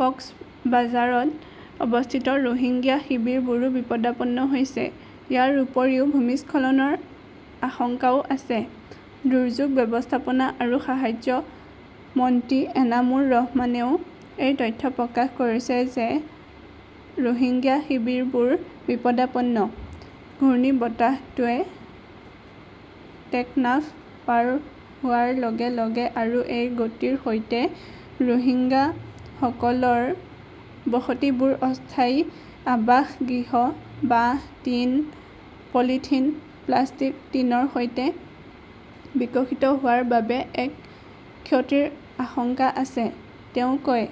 কক্সবাঝাৰত অৱস্থিত ৰোহিংগ্যা শিবিৰবোৰো বিপদাপন্ন হৈছে। ইয়াৰ উপৰিও ভূমিস্খলনৰ আশংকাও আছে। দুৰ্যোগ ব্যৱস্থাপনা আৰু সাহায্য মন্ত্ৰী এনামুৰ ৰহমানেও এই তথ্য প্ৰকাশ কৰিছে যে ৰোহিংগ্যা শিবিৰবোৰ বিপদাপন্ন। "ঘূৰ্ণীবতাহটোৱে টেকনাফ পাৰ হোৱাৰ লগে লগে আৰু এই গতিৰ সৈতে, ৰোহিংগাসকলৰ বসতিবোৰ অস্থায়ী আৱাসগৃহ, বাঁহ, টিন, পলিথিন, প্লাষ্টিক টিনৰ সৈতে বিকশিত হোৱাৰ বাবে-এক ক্ষতিৰ আশংকা আছে", তেওঁ কয়।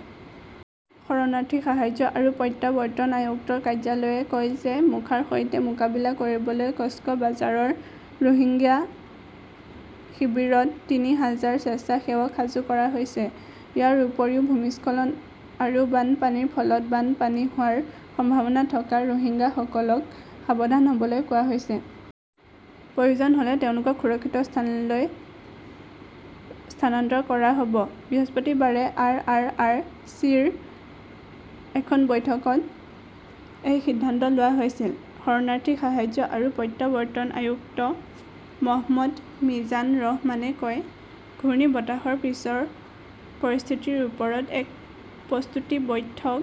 শৰণাৰ্থী সাহায্য আৰু প্ৰত্যাৱৰ্তন আয়ুক্তৰ কাৰ্যালয়ে কয় যে মোখাৰ সৈতে মোকাবিলা কৰিবলৈ কক্সবাজাৰৰ ৰোহিংগ্যা শিবিৰত তিনি হাজাৰ স্বেচ্ছাসেৱক সাজু কৰা হৈছে। ইয়াৰ উপৰিও, ভূমিস্খলন আৰু বানপানীৰ ফলত বানপানী হোৱাৰ সম্ভাৱনা থকা ৰোহিংগাসকলক সাৱধান হ'বলৈ কোৱা হৈছে। প্ৰয়োজন হ'লে তেওঁলোকক সুৰক্ষিত স্থানলৈ স্থানান্তৰ কৰা হ'ব। বৃহস্পতিবাৰে আৰ. আৰ. আৰ. চি. ৰ এখন বৈঠকত এই সিদ্ধান্ত লোৱা হৈছিল। শৰণাৰ্থী সাহায্য আৰু প্ৰত্যাৱৰ্তন আয়ুক্ত মহম্মদ মিজান ৰহমানে কয়, ঘূৰ্ণীবতাহৰ পিছৰ পৰিস্থিতিৰ ওপৰত এক প্ৰস্তুতি বৈঠক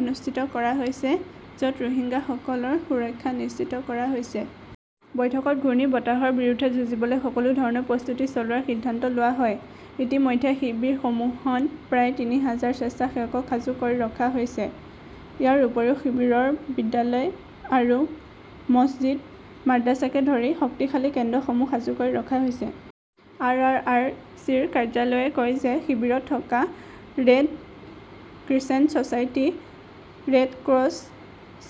অনুষ্ঠিত কৰা হৈছে, য'ত ৰোহিংগাসকলৰ সুৰক্ষা নিশ্চিত কৰা হৈছে। বৈঠকত ঘূৰ্ণীবতাহৰ বিৰুদ্ধে যুঁজিবলৈ সকলো ধৰণৰ প্ৰস্তুতি চলোৱাৰ সিদ্ধান্ত লোৱা হয়। ইতিমধ্যে শিবিৰসমূহত প্ৰায় তিনি হাজাৰ স্বেচ্ছাসেৱকক সাজু কৰি ৰখা হৈছে। ইয়াৰ উপৰিও শিবিৰৰ বিদ্যালয় আৰু মছজিদ মাদ্ৰাছাকে ধৰি শক্তিশালী কেন্দ্ৰসমূহ সাজু কৰি ৰখা হৈছে। আৰ. আৰ. আৰ. চি. ৰ কাৰ্যালয়ে কয় যে শিবিৰত থকা Red Crescent Society, Red Cross,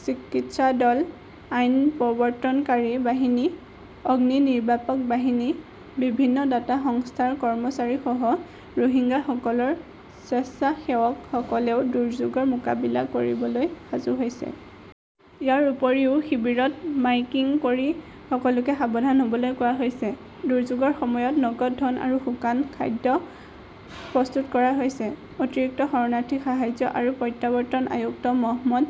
চিকিৎসা দল, আইন প্ৰৱৰ্তনকাৰী বাহিনী, অগ্নিনিৰ্বাপক বাহিনী, বিভিন্ন দাতা সংস্থাৰ কৰ্মচাৰীসহ ৰোহিংগাসকলৰ স্বেচ্ছাসেৱকসকলেও দুৰ্যোগৰ মোকাবিলা কৰিবলৈ সাজু হৈছে। ইয়াৰ উপৰিও শিবিৰত মাইকিং কৰি সকলোকে সাৱধান হ'বলৈ কোৱা হৈছে। দুৰ্যোগৰ সময়ত নগদ ধন আৰু শুকান খাদ্য প্ৰস্তুত কৰা হৈছে। অতিৰিক্ত শৰণাৰ্থী সাহায্য আৰু প্ৰত্যাৱৰ্তন আয়ুক্ত মহম্মদ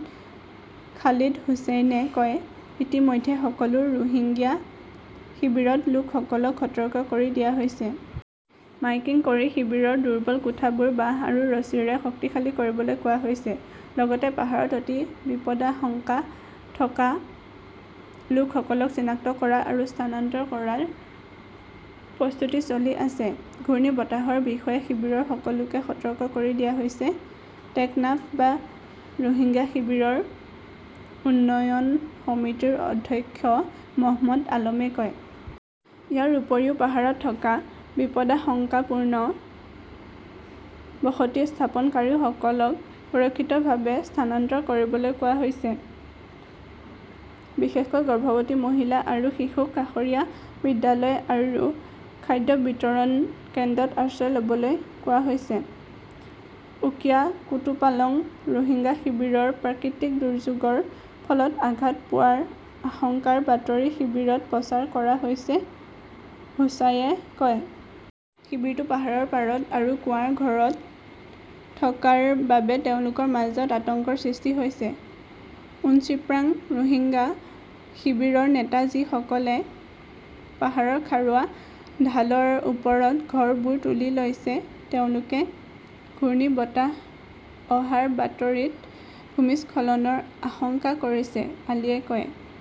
খালিদ হুচেইনে কয়, ইতিমধ্যে সকলো ৰোহিংগ্যা শিবিৰত লোকসকলক সতৰ্ক কৰি দিয়া হৈছে। মাইকিং কৰি শিবিৰৰ দুৰ্বল কোঠাবোৰ বাঁহ আৰু ৰছীৰে শক্তিশালী কৰিবলৈ কোৱা হৈছে। লগতে পাহাৰত অতি বিপদাশংকা থকা লোকসকলক চিনাক্ত কৰা আৰু স্থানান্তৰ কৰাৰ প্ৰস্তুতি চলি আছে। ঘূৰ্ণীবতাহৰ বিষয়ে শিবিৰৰ সকলোকে সতৰ্ক কৰি দিয়া হৈছে, টেকনাফ বা ৰোহিংগ্যা শিবিৰৰ উন্নয়ন সমিতিৰ অধ্যক্ষ মহম্মদ আলমে কয়। ইয়াৰ উপৰিও পাহাৰত থকা বিপদাশংকাপূৰ্ণ বসতি স্থাপনকাৰীসকলক সুৰক্ষিতভাৱে স্থানান্তৰ কৰিবলৈ কোৱা হৈছে। বিশেষকৈ গৰ্ভৱতী মহিলা আৰু শিশুক কাষৰীয়া বিদ্যালয় আৰু খাদ্য বিতৰণ কেন্দ্ৰত আশ্ৰয় ল'বলৈ কোৱা হৈছে। উকিয়া কুতুপালং ৰোহিংগ্যা শিবিৰৰ প্ৰাকৃতিক দুৰ্যোগৰ ফলত আঘাত পোৱাৰ আশংকাৰ বাতৰি শিবিৰত প্ৰচাৰ কৰা হৈছে, হোচাইয়ে কয়। শিবিৰটো পাহাৰৰ পাৰত আৰু কুঁৱাৰ ঘৰত থকাৰ বাবে তেওঁলোকৰ মাজত আতংকৰ সৃষ্টি হৈছে। উনচিপ্ৰাং ৰোহিংগ্যা শিবিৰৰ নেতা যিসকলে পাহাৰৰ খাৰুৱা ঢালৰ ওপৰত ঘৰবোৰ তুলি লৈছে তেওঁলোকে ঘূৰ্ণীবতাহ অহাৰ বাতৰিত ভূমিস্খলনৰ আশংকা কৰিছে, আলীয়ে কয়।